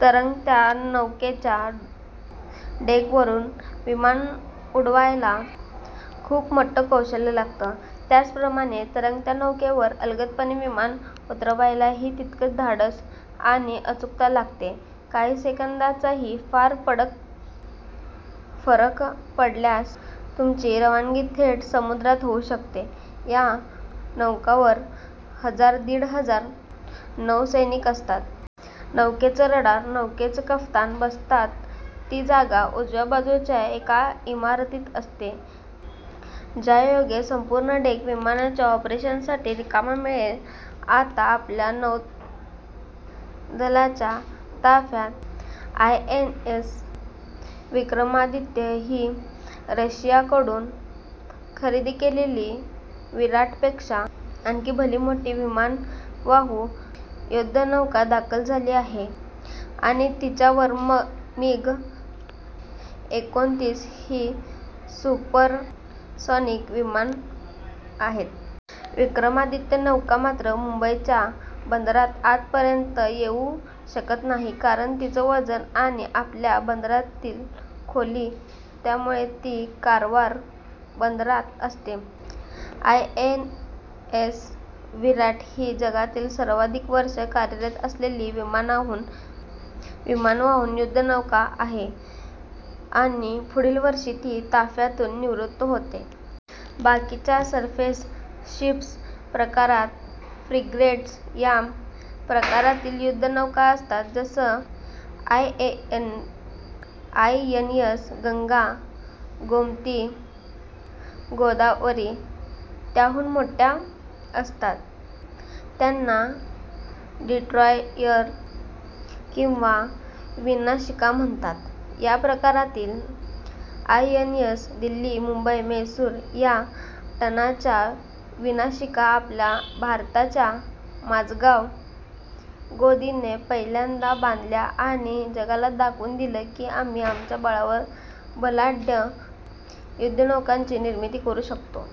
तरंगत्या नौकेच्या डेकवरून विमानं उडवायला खूप मोठं कौशल्य लागतं. त्याचप्रमाणे तरंगत्या नौकेवर अलगदपणे विमान उतरवायलाही तितकंच धाडस आणि अचूकता लागते. काही सेकंदाचाही फरक पडल्यास तुमची रवानगी थेट समुद्रात होऊ शकते. या नौकांवर हजार-दीड हजार नौसैनिक असतात. नौकेचं रडार, नौकेचे कप्तान बसतात ती जागा उजव्या बाजूच्या एका इमारतीत असते, ज्यायोगे संपूर्ण डेक विमानांच्या ऑपरेशन्ससाठी रिकामा मिळेल. आता आपल्या नौदलाच्या ताफ्यात आयएनएस विक्रमादित्य ही रशियाकडून खरेदी केलेली विराटपेक्षा आणखी भलीमोठी विमानवाहू युद्धनौका दाखल झाली आहे आणि तिच्यावर मिग एकोणतीस ही सुपरसॉनिक विमानं आहेत. विक्रमादित्य नौका मात्र मुंबईच्या बंदरात आतपर्यंत येऊ शकत नाही, कारण तिचं वजन आणि आपल्या बंदरातली खोली. त्यामुळे ती कारवार बंदरात असते. आयएनएस विराट ही जगातली सर्वाधिक वर्ष कार्यरत असलेली विमानवाहू युद्धनौका आहे आणि पुढील वर्षी ती ताफ्यातून निवृत्त होतेय. बाकीच्या सरफेस शिप्स प्रकारात फ्रिगेट्स या प्रकारातील युद्धनौका असतात. जसं आयएनएस गंगा, गोमती, गोदावरी. त्याहून मोठ्या असतात त्यांना डिस्ट्रॉयर किंवा विनाशिका म्हणतात. या प्रकारातील आयएनएस दिल्ली, मुंबई, म्हैसूर या टनांच्या विनाशिका आपल्या भारताच्या माझगाव गोदीने पहिल्यांदा बांधल्या आणि जगाला दाखवून दिलं की आम्ही आमच्या बळावर बलाढ्य युद्धनौकांची निर्मिती करू शकतो.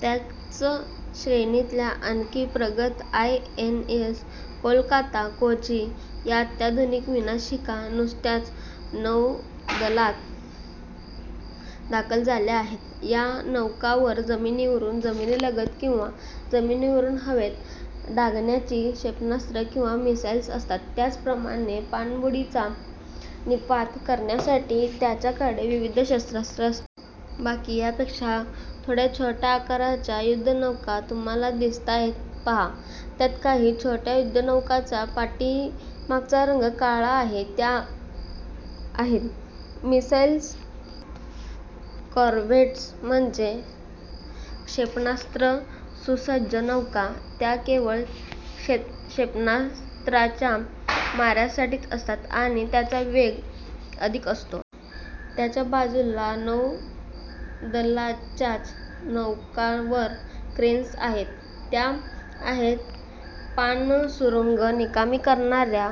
त्याच श्रेणीतल्या आणखी प्रगत आयएनएस कोलकाता, कोची या अत्याधुनिक विनाशिका नुकत्याच नौदलात दाखल झाल्या आहेत. या नौकांवर जमिनीवरून जमिनीलगत किंवा जमिनीवरून हवेत डागण्याची क्षेपणास्त्र किंवा मिसाइल्स असतात. त्याचप्रमाणे पाणबुडीचा निःपात करण्यासाठीही त्यांच्याकडे विविध शस्त्रास्त्रं असतात. बाकी यापेक्षा थोड्या छोट्या आकाराच्या युद्धनौका तुम्हाला दिसताहेत पहा. त्यात काही छोट्या युद्धनौकांचा पाठीमागचा रंग काळा आहे, त्या आहेत, मिसाइल कॉरव्हेट्स म्हणजे क्षेपणास्त्रसुसज्ज नौका. त्या केवळ क्षेपणास्त्रांच्या माऱ्यासाठीच असतात आणि त्यांचा वेग अधिक असतो. त्यांच्या बाजूला नौदलाच्याच नौकांवर क्रेन्स आहेत. त्या आहेत पाणसुरुंग निकामी करणाऱ्या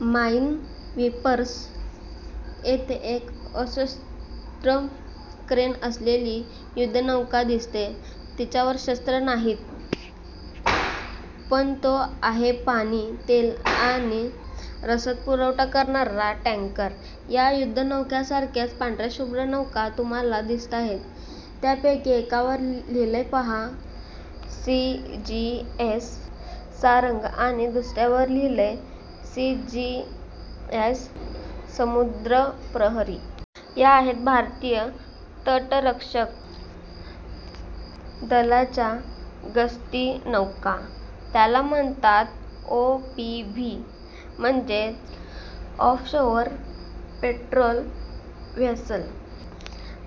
माइनस्वीपर्स. इथे एक अजस्त्र क्रेन्स असलेली युद्धनौका दिसतेय, तिच्यावर शस्त्र नाहीत, पण तो आहे पाणी, तेल आणि रसदपुरवठा करणारा टँकर. या युद्धनौकांसारख्याच पांढऱ्याशुभ्र नौका तुम्हाला दिसताहेत, त्यापैकी एकावर लिहिलंय पहा, सीजीएस सारंग आणि दुसऱ्यावर लिहिलंय सीजीएस समुद्रप्रहरी. या आहेत भारतीय तटरक्षक दलाच्या गस्तीनौका. त्याला म्हणतात ओपीव्ही म्हणजेच ऑफशोअर पेट्रोल व्हेसल.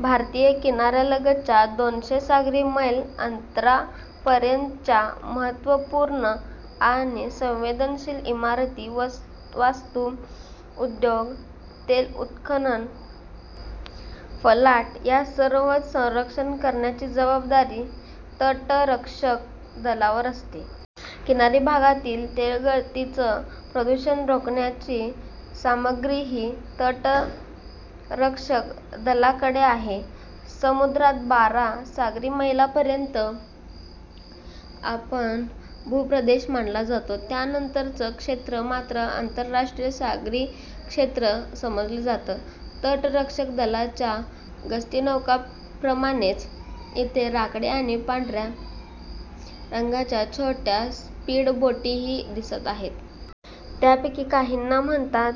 भारतीय किनाऱ्यालगतच्या दोनशे सागरी मैल अंतरापर्यंतच्या महत्त्वपूर्ण आणि संवेदनशील इमारती, वास्तू, उद्योग, तेलउत्खनन फलाट या सर्वांचं संरक्षण करण्याची जबाबदारी तटरक्षक दलावर असते. किनारी भागातील तेलगळतीचं प्रदूषण रोखण्याची सामग्रीही तटरक्षक दलाकडे आहे. समुद्रात बारा सागरी मैलांपर्यंत आपला भूप्रदेश मानला जातो, त्यानंतरचं क्षेत्र मात्र आंतरराष्ट्रीय सागरी क्षेत्र समजलं जातं. तटरक्षक दलाच्या गस्तीनौकांप्रमाणेच इथे राखाडी आणि पांढऱ्या रंगाच्या छोट्या स्पीडबोटीही दिसत आहेत. त्यापैकी काहींना म्हणतात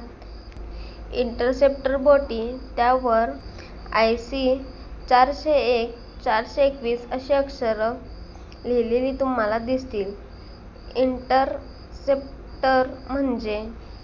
इंटरसेप्टर बोटी. त्यावर आयसी चारशे एक, चारशे एकवीस अशी अक्षरं लिहिलेली तुम्हाला दिसतील. इंटरसेप्टर म्हणजे